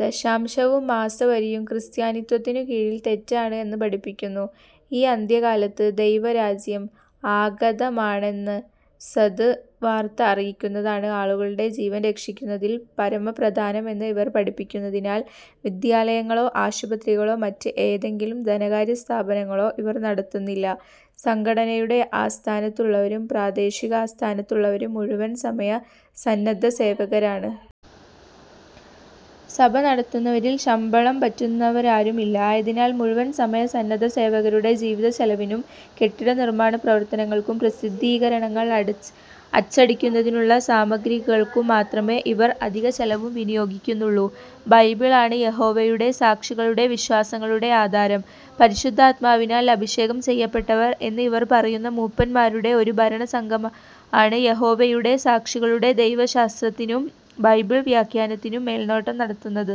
ദശാംശവും, മാസവരിയും ക്രിസ്ത്യാനിത്വത്തിനു കീഴിൽ തെറ്റാണ് എന്ന് പഠിപ്പിക്കുന്നു. ഈ അന്ത്യകാലത്ത് ദൈവരാജ്യം ആഗതമാണെന്ന സദ് വാർത്ത അറിയിക്കുന്നതാണ് ആളുകളുടെ ജീവൻ രക്ഷിക്കുന്നതിൽ പരമപ്രധാനം എന്ന് ഇവർ പഠിപ്പിക്കുന്നതിനാൽ വിദ്യാലയങ്ങളോ, ആശുപത്രികളോ മറ്റ് എതെങ്കിലും ധനകാര്യസ്ഥാപനങ്ങളോ ഇവർ നടത്തുന്നില്ല. സംഘടനയുടെ ആസ്ഥാനത്തുള്ളവരും, പ്രാദേശിക ആസ്ഥാനത്തുള്ളവരും മുഴുവൻ സമയ സന്നദ്ധസേവകരാണ്. സഭ നടത്തുന്നവരിൽ ശമ്പളം പറ്റുന്നവരാരും ഇല്ല. ആയതിനാൽ മുഴുവൻ സമയ സന്നദ്ധ സേവകരുടെ ജീവിതചെലവിനും, കെട്ടിട നിർമ്മാണപ്രവർത്തനങ്ങൾക്കും, പ്രസിദ്ധീകരണങ്ങൾ അച്ചടിക്കുന്നതിനുള്ള സാമഗ്രികൾക്കും മാത്രമേ ഇവർ അധിക ചെലവും വിനിയോഗിക്കുന്നുള്ളു. ബൈബിളാണ് യഹോവയുടെ സാക്ഷികളുടെ വിശ്വാസങ്ങളുടെ ആധാരം. പരിശുദ്ധാത്മാവിനാൽ അഭിഷേകം ചെയ്യപ്പെട്ടവർ എന്ന് ഇവർ പറയുന്ന മൂപ്പന്മാരുടെ ഒരു ഭരണസംഘമാണ് യഹോവയുടെ സാക്ഷികളുടെ ദൈവശാസ്ത്രത്തിനും, ബൈബിൾ വ്യാഖ്യാനത്തിനും മേൽനോട്ടം നടത്തുന്നത്.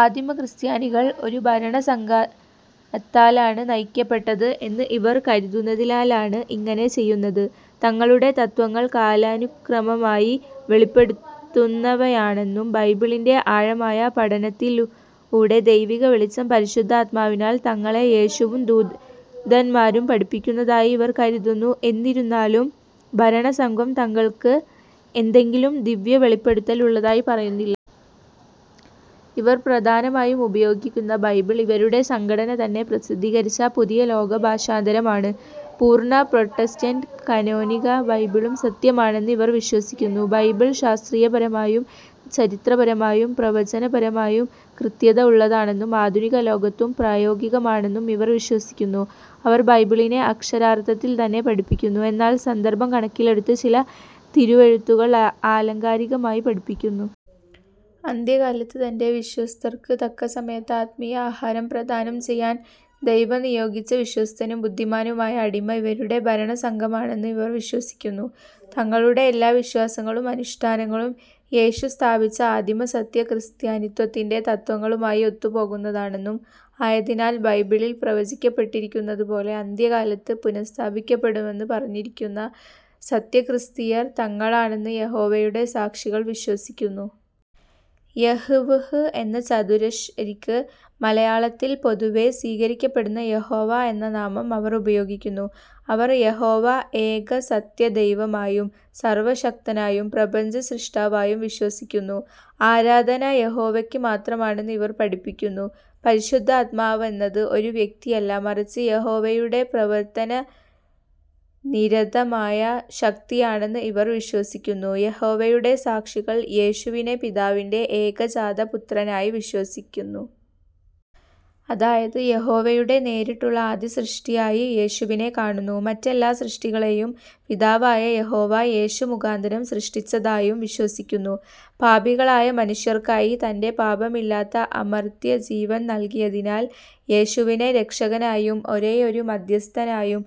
ആദിമ ക്രിസ്ത്യാനികൾ ഒരു ഭരണസംഘത്താലാണ് നയിക്കപ്പെട്ടത് എന്ന് ഇവർ കരുതുന്നതിനാലാണ് അങ്ങനെ ചെയ്യുന്നത്. തങ്ങളുടെ തത്ത്വങ്ങൾ കാലാനുക്രമമായി വെളിപ്പെടുന്നവയാണെന്നും, ബൈബിളിന്റെ ആഴമായ പഠനത്തില്ലുടെ ദൈവിക വെളിച്ചം പരിശുദ്ധാത്മാവിനാൽ തങ്ങളെ യേശുവും, ദൂതന്മാരും പഠിപ്പിക്കുന്നതായി ഇവർ കരുതുന്നു. ഏന്നിരുന്നാലും ഭരണസംഘം തങ്ങൾക്ക് എന്തെങ്കിലും ദിവ്യവെളിപ്പെടുത്തൽ ഉള്ളതായി പറയുന്നില്ല. ഇവർ പ്രധാനമായും ഉപയോഗിക്കുന്ന ബൈബിൾ ഇവരുടെ സംഘടന തന്നെ പ്രസ്ദ്ധീകരിച്ച പുതിയ ലോകഭാഷാന്തരം ആണ്. പൂർണ്ണ പ്രൊട്ടസ്റ്റന്റ് കാനോനിക ബൈബിളും സത്യമാണെന്ന് ഇവർ വിശ്വസിക്കുന്നു. ബൈബിൾ ശാസ്ത്രീയപരമായും, ചരിത്രപരമായും, പ്രവചനപരമയും കൃത്യത ഉള്ളതാണെന്നും ആധുനിക ലോകത്തും പ്രായോഗികമാണെന്നും ഇവർ വിശ്വസിക്കുന്നു. അവർ ബൈബിളിനെ അക്ഷരാർത്ഥത്തിൽ തന്നെ പഠിപ്പിക്കുന്നു, എന്നാൽ സന്ദർഭം കണക്കിലെടുത്ത് ചില തിരുവെഴുത്തുകൾ ആലങ്കാരികമായി പഠിപ്പിക്കുന്നു. അന്ത്യകാലത്ത് തന്റെ വിശ്വസ്തർക്ക് തക്കസമയത്ത് ആത്മീയ ആഹാരം പ്രദാനം ചെയ്യാൻ ദൈവം നിയോഗിച്ച വിശ്വസ്തനും ബുദ്ധിമാനുമായ അടിമ ഇവരുടെ ഭരണസംഘമാണെന്ന് ഇവർ വിശ്വസിക്കുന്നു. തങ്ങളുടെ എല്ലാ വിശ്വാസങ്ങളും അനുഷ്ഠാനങ്ങളും യേശു സ്ഥാപിച്ച ആദിമ "സത്യ" ക്രിസ്ത്യാനിത്വത്തിന്റെ തത്ത്വങ്ങളുമായി ഒത്തുപോകുന്നതാണെന്നും, ആയതിനാൽ ബൈബിളിൽ പ്രവചിക്കപ്പെട്ടിരിക്കുന്നതു പോലെ അന്ത്യകാലത്ത് പുനഃസ്ഥാപിക്കപ്പെടുമെന്ന് പറഞ്ഞിരിക്കുന്ന സത്യക്രിസ്തീയർ തങ്ങളാണെന്ന് യഹോവയുടെ സാക്ഷികൾ വിശ്വസിക്കുന്നു. "യ്ഹ്വ്ഹ്" എന്ന ചതുരക്ഷരിക്ക് മലയാളത്തിൽ പൊതുവെ സ്വീകരിക്കപ്പെടുന്ന യഹോവ എന്ന നാമം അവർ ഉപയോഗിക്കുന്നു. അവർ യഹോവ ഏകസത്യദൈവമായും, സർവ്വശക്തനായും, പ്രപഞ്ച സ്രിഷ്ടാവായും വിശ്വസിക്കുന്നു. ആരാധന യഹോവയ്ക്ക് മാത്രമാണെന്ന് ഇവർ പഠിപ്പിക്കുന്നു. പരിശുദ്ധാത്മാവെന്നത് ഒരു വ്യക്തിയല്ല മറിച്ച് യഹോവയുടെ പ്രവർത്തനനിരതമായ ശക്തിയാണെന്ന് ഇവർ വിശ്വസിക്കുന്നു. യഹോവയുടെ സാക്ഷികൾ യേശുവിനെ പിതാവിന്റെ ഏകജാത പുത്രനായി വിശ്വസിക്കന്നു. അതായത് യഹോവയുടെ നേരിട്ടുള്ള ആദ്യ സൃഷ്ടിയായ് യേശുവിനെ കാണുന്നു. മറ്റെല്ലാ സൃഷ്ടികളെയും പിതാവായ യഹോവ, യേശു മുഖാന്തരം സൃഷ്ടിച്ചതായും വിശ്വസിക്കുന്നു. പാപികളായ മനുഷ്യർക്കായി തന്റെ പാപമില്ലാത്ത അമർത്യ ജീവൻ നൽകിയതിനാൽ യേശുവിനെ രക്ഷകനായും, ഒരേയൊരു മദ്ധ്യസ്ഥനായും,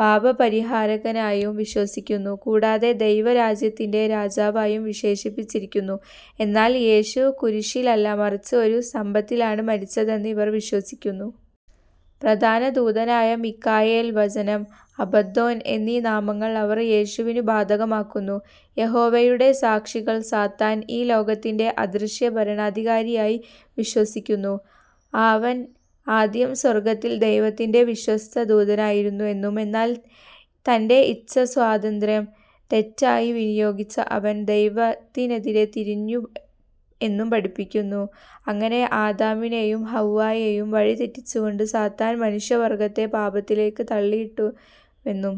പാപപരിഹാരകനായും വിശ്വസിക്കുന്നു. കൂടാതെ ദൈവരാജ്യത്തിന്റെ രാജാവായും വിശേഷിപ്പിച്ചിരിക്കുന്നു. എന്നാൽ യേശു കുരിശിലല്ല മറിച്ച് ഒരു സ്തംഭത്തിലാണ് മരിച്ചതെന്ന് ഇവർ വിശ്വസിക്കുന്നു. പ്രധാന ദൂതനായ മിഖായേൽ, വചനം, അബദ്ദോൻ എന്നീ നാമങ്ങൾ അവർ യേശുവിനു ബാധകമാക്കുന്നു. യഹോവയുടെ സാക്ഷികൾ സാത്താൻ ഈ ലോകത്തിന്റെ അദൃശ്യ ഭരണാധികാരിയായി വിശ്വസിക്കുന്നു. ആവൻ ആദ്യം സ്വർഗ്ഗത്തിൽ ദൈവത്തിന്റെ വിശ്വസ്ത ദൂതനായിരുന്നു എന്നും, എന്നാൽ തന്റെ ഇച്ഛാസ്വാതന്ത്ര്യം തെറ്റായി വിനിയോഗിച്ച അവൻ ദൈവത്തിനെതിരെ തിരിഞ്ഞു എന്നും പഠിപ്പിക്കുന്നു. അങ്ങനെ ആദാമിനെയും ഹൗവ്വായെയും വഴിതെറ്റിച്ചുകൊണ്ട് സാത്താൻ മനുഷ്യ വർഗ്ഗത്തെ പാപത്തിലേക്ക് തള്ളിയിട്ടുവെന്നും,